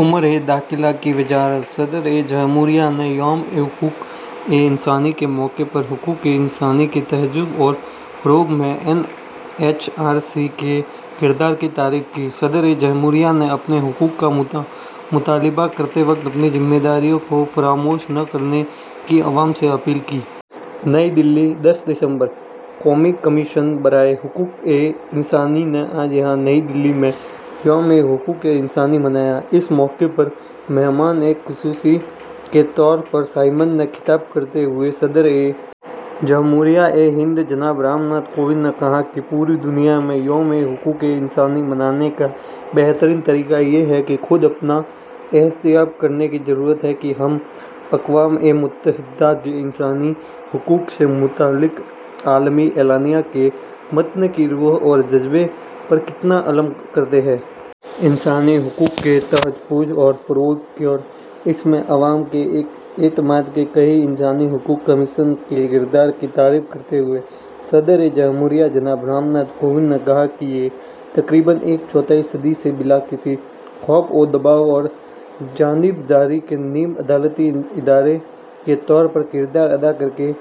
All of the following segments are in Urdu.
امورِ داخلہ کی وزارت صدرِ جمہوریہ نے یومِ حقوقِ انسانی کے موقع پر حقوقِ انسانی کے تحفظ اور فروغ میں این ایچ آر سی کے کردار کی تعریف کی۔ صدرِ جمہوریہ نے اپنے حقوق کا مطالبہ کرتے وقت اپنی ذمہ داریوں کو فراموش نہ کرنے کی عوام سے اپیل کی۔ نئی دہلی، دس دسمبر: قومی کمیشن برائے حقوقِ انسانی نے آج یہاں نئی دہلی میں یومِ حقوقِ انسانی منایا۔ اس موقع پر مہمانِ خصوصی کے طور پر سامعین سے خطاب کرتے ہوئے صدرِ جمہوریہ ہند جناب رام ناتھ کووند نے کہا کہ پوری دنیا میں ''یومِ حقوقِ انسانی'' منانے کا بہترین طریقہ یہ ہے کہ خود اپنا احتساب کرنے کی ضرورت ہے کہ ہم اقوامِ متحدہ کے انسانی حقوق سے متعلق عالمی اعلامیہ کے متن کی روح اور جذبے پر کتنا عمل کر رہے ہیں۔ انسانی حقوق کے تحفظ اور فروغ اور اس میں عوام کے اعتماد کے تئیں انسانی حقوق کمیشن کے کردار کی تعریف کرتے ہوئے صدرِ جمہوریہ جناب رام ناتھ کووند نے کہا کہ یہ تقریباً ایک چوتھائی صدی سے بلا کسی خوف و دباؤ اور جانبداری کے نیم عدالتی ادارے کے طور پر کردار ادا کرکے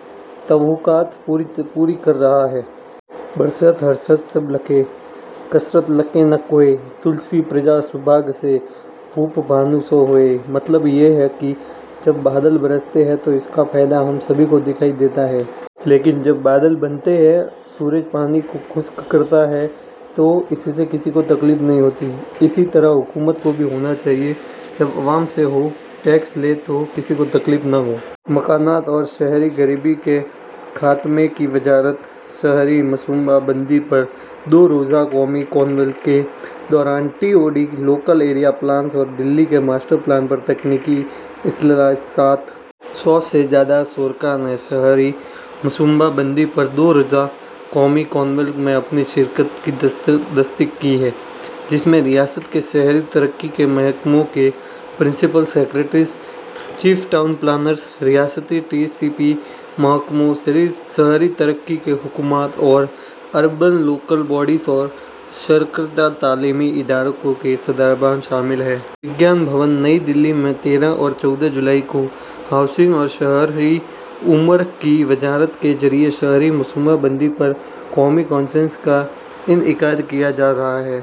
توقعات پوری کر رہا ہے۔ ''برست ہرست سب لکھیں، کرست لکھے نہ کوئے، تلسی پرجا سبھاگ سے، بھوپ بھانو سو ہوئے''۔ مطلب یہ ہے کہ جب بادل برستے ہیں تو اس کا فائدہ ہم سبھی کو دکھائی دیتا ہے۔ لیکن جب بادل بنتے ہیں، سورج پانی کو خشک کرتا ہے، تو اس سے کسی کو تکلیف نہیں ہوتی۔ اسی طرح حکومت کو بھی ہونا چاہیے۔ جب عوام سے وہ ٹیکس لے تو کسی کو تکلیف نہ ہو۔ مکانات اور شہری غریبی کے خاتمے کی وزارت شہری منصوبہ بندی پر دو روزہ قومی کانکلیو کے دوران T O D, local area plans اور دہلی کے ماسٹر پلان پر تکنیکی اجلاس۔ سات سو سے زیادہ شرکاء نے شہری منصوبہ بندی پر دو روزہ قومی کانکلیو میں اپنی شرکت کی تصدیق کی ہے، جس میں ریاست کے شہری ترقی کے محکموں کے principal secretaries, chief town planners, ریاستی ٹی سی پی محکموں، شہری ترقی کے حکام اور اربن لوکل باڈیز اور سرکردہ تعلیمی اداروں کے سربراہان شامل ہیں۔ وگیان بھون، نئی دہلی میں تیرہ اور چودہ جولائی کو ہاؤسنگ اور شہری امور کی وزارت کے ذریعے شہری منصوبہ بندی پر قومی کانفرنس کا انعقاد کیا جا رہا ہے۔